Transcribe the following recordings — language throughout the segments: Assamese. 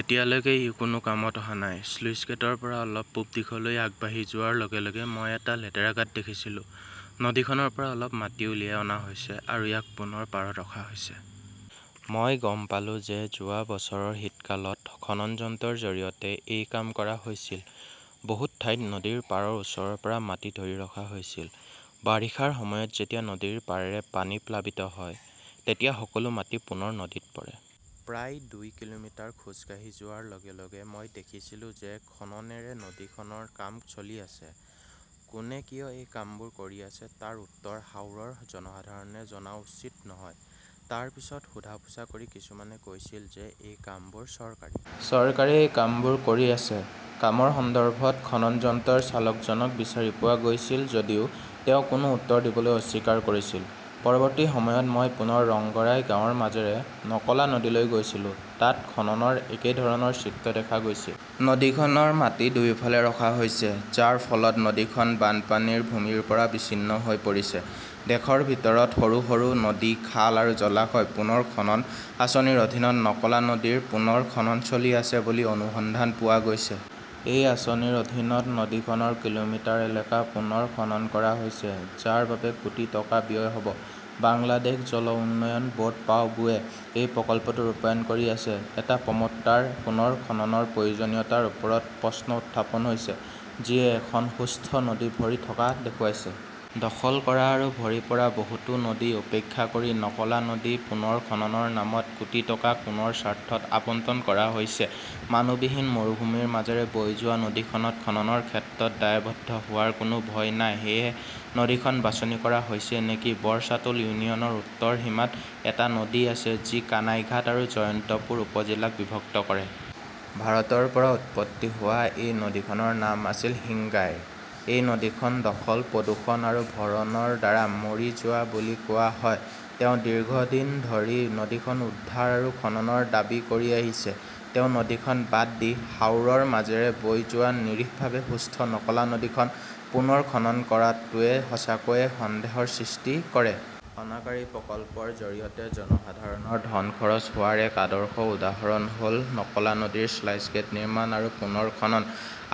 এতিয়ালৈকে ই কোনো কামত অহা নাই। স্লুইছগেটৰ পৰা অলপ পূব দিশলৈ আগবাঢ়ি যোৱাৰ লগে লগে মই এটা লেতেৰা গাঁত দেখিছিলোঁ। নদীখনৰ পৰা অলপ মাটি উলিয়াই অনা হৈছে আৰু ইয়াক পুনৰ পাৰত ৰখা হৈছে। মই গম পালোঁ যে যোৱা বছৰৰ শীতকালত খনন যন্ত্ৰৰ জৰিয়তে এই কাম কৰা হৈছিল। বহু ঠাইত নদীৰ পাৰৰ ওচৰৰ পৰা মাটি ধৰি ৰখা হৈছিল। বাৰিষাৰ সময়ত যেতিয়া নদীৰ পাৰেৰে পানী প্লাবিত হয়, তেতিয়া সকলো মাটি পুনৰ নদীত পৰে। প্ৰায় দুই কিলোমিটাৰ খোজ কাঢ়ি যোৱাৰ লগে লগে মই দেখিছিলোঁ যে খননেৰে নদীখনৰ কাম চলি আছে। কোনে কিয় এই কামবোৰ কৰি আছে তাৰ উত্তৰ হাওৰৰ জনসাধাৰণে জনা উচিত নহয়। তাৰ পিছত সোধা-পোছা কৰি কিছুমানে কৈছিল যে এই কামবোৰ চৰকাৰী। চৰকাৰে এই কামবোৰ কৰি আছে। কামৰ সন্দৰ্ভত খনন যন্ত্ৰৰ চালকজনক বিচাৰি পোৱা গৈছিল যদিও তেওঁ কোনো উত্তৰ দিবলৈ অস্বীকাৰ কৰিছিল। পৰৱৰ্তী সময়ত মই পুনৰ ৰংগৰাই গাঁৱৰ মাজেৰে নকলা নদীলৈ গৈছিলো। তাত খননৰ একে ধৰণৰ চিত্ৰ দেখা গৈছিল। নদীখনৰ মাটি দুয়োফালে ৰখা হৈছে, যাৰ ফলত নদীখন বানপানীৰ ভূমিৰ পৰা বিচ্ছিন্ন হৈ পৰিছে। দেশৰ ভিতৰত সৰু সৰু নদী-খাল আৰু জলাশয় পুনৰ খনন আঁচনিৰ অধীনত নকলা নদীৰ পুনৰ খনন চলি আছে বুলি অনুসন্ধানত পোৱা গৈছে। এই আঁচনিৰ অধীনত নদীখনৰ কিলোমিটাৰ এলেকা পুনৰ খনন কৰা হৈছে, যাৰ বাবে কোটি টকা ব্যয় হ 'ব। বাংলাদেশ জল উন্নয়ন বৰ্ড-পাউবোৱে এই প্ৰকল্পটো ৰূপায়ণ কৰি আছে। এটা প্ৰমট্টাৰ পুনৰ খননৰ প্ৰয়োজনীয়তাৰ ওপৰত প্ৰশ্ন উত্থাপন হৈছে, যিয়ে এখন সুস্থ নদী ভৰি থকা দেখুৱাইছে। দখল কৰা আৰু ভৰি পৰা বহুতো নদী উপেক্ষা কৰি নকলা নদী পুনৰ খননৰ নামত কোটি টকা কোনৰ স্বাৰ্থত আবণ্টন কৰা হৈছে মানুহবিহীন মৰুভূমিৰ মাজেৰে বৈ যোৱা নদীখনত খননৰ ক্ষেত্ৰত দায়বদ্ধ হোৱাৰ কোনো ভয় নাই-সেয়েহে নদীখন বাছনি কৰা হৈছে নেকি বৰচতুল ইউনিয়নৰ উত্তৰ সীমাত এটা নদী আছে যি কানাইঘাট আৰু জয়ন্তপুৰ উপ-জিলাক বিভক্ত কৰে। ভাৰতৰ পৰা উৎপত্তি হোৱা এই নদীখনৰ নাম আছিল হিঙ্গাইৰ । এই নদীখন দখল, প্ৰদূষণ আৰু ভৰণৰ দ্বাৰা মৰি যোৱা বুলি কোৱা হয়। তেওঁ দীৰ্ঘদিন ধৰি নদীখন উদ্ধাৰ আৰু খননৰ দাবী কৰি আহিছে। তেওঁ নদীখন বাদ দি হাওৰৰ মাজেৰে বৈ যোৱা নিৰীহভাৱে সুস্থ নকলা নদীখন পুনৰ খনন কৰাটোৱে সঁচাকৈয়ে সন্দেহৰ সৃষ্টি কৰে। অনাকাৰী প্ৰকল্পৰ জৰিয়তে জনসাধাৰণৰ ধন খৰচ হোৱাৰ এক আদৰ্শ উদাহৰণ হ’ল নকলা নদীৰ স্লুইছগেট নিৰ্মাণ আৰু পুনৰ খনন।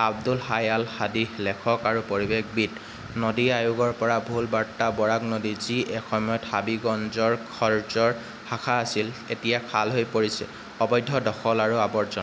আব্দুল হাই আল-হাদীঃ লেখক আৰু পৰিৱেশবিদ। নদী আয়োগৰ পৰা ভুল বাৰ্তা বৰাক নদী, যি এসময়ত হাবিগঞ্জৰ খৰ্জৰ শাখা আছিল, এতিয়া খাল হৈ পৰিছে। অবৈধ দখল আৰু আৱৰ্জনা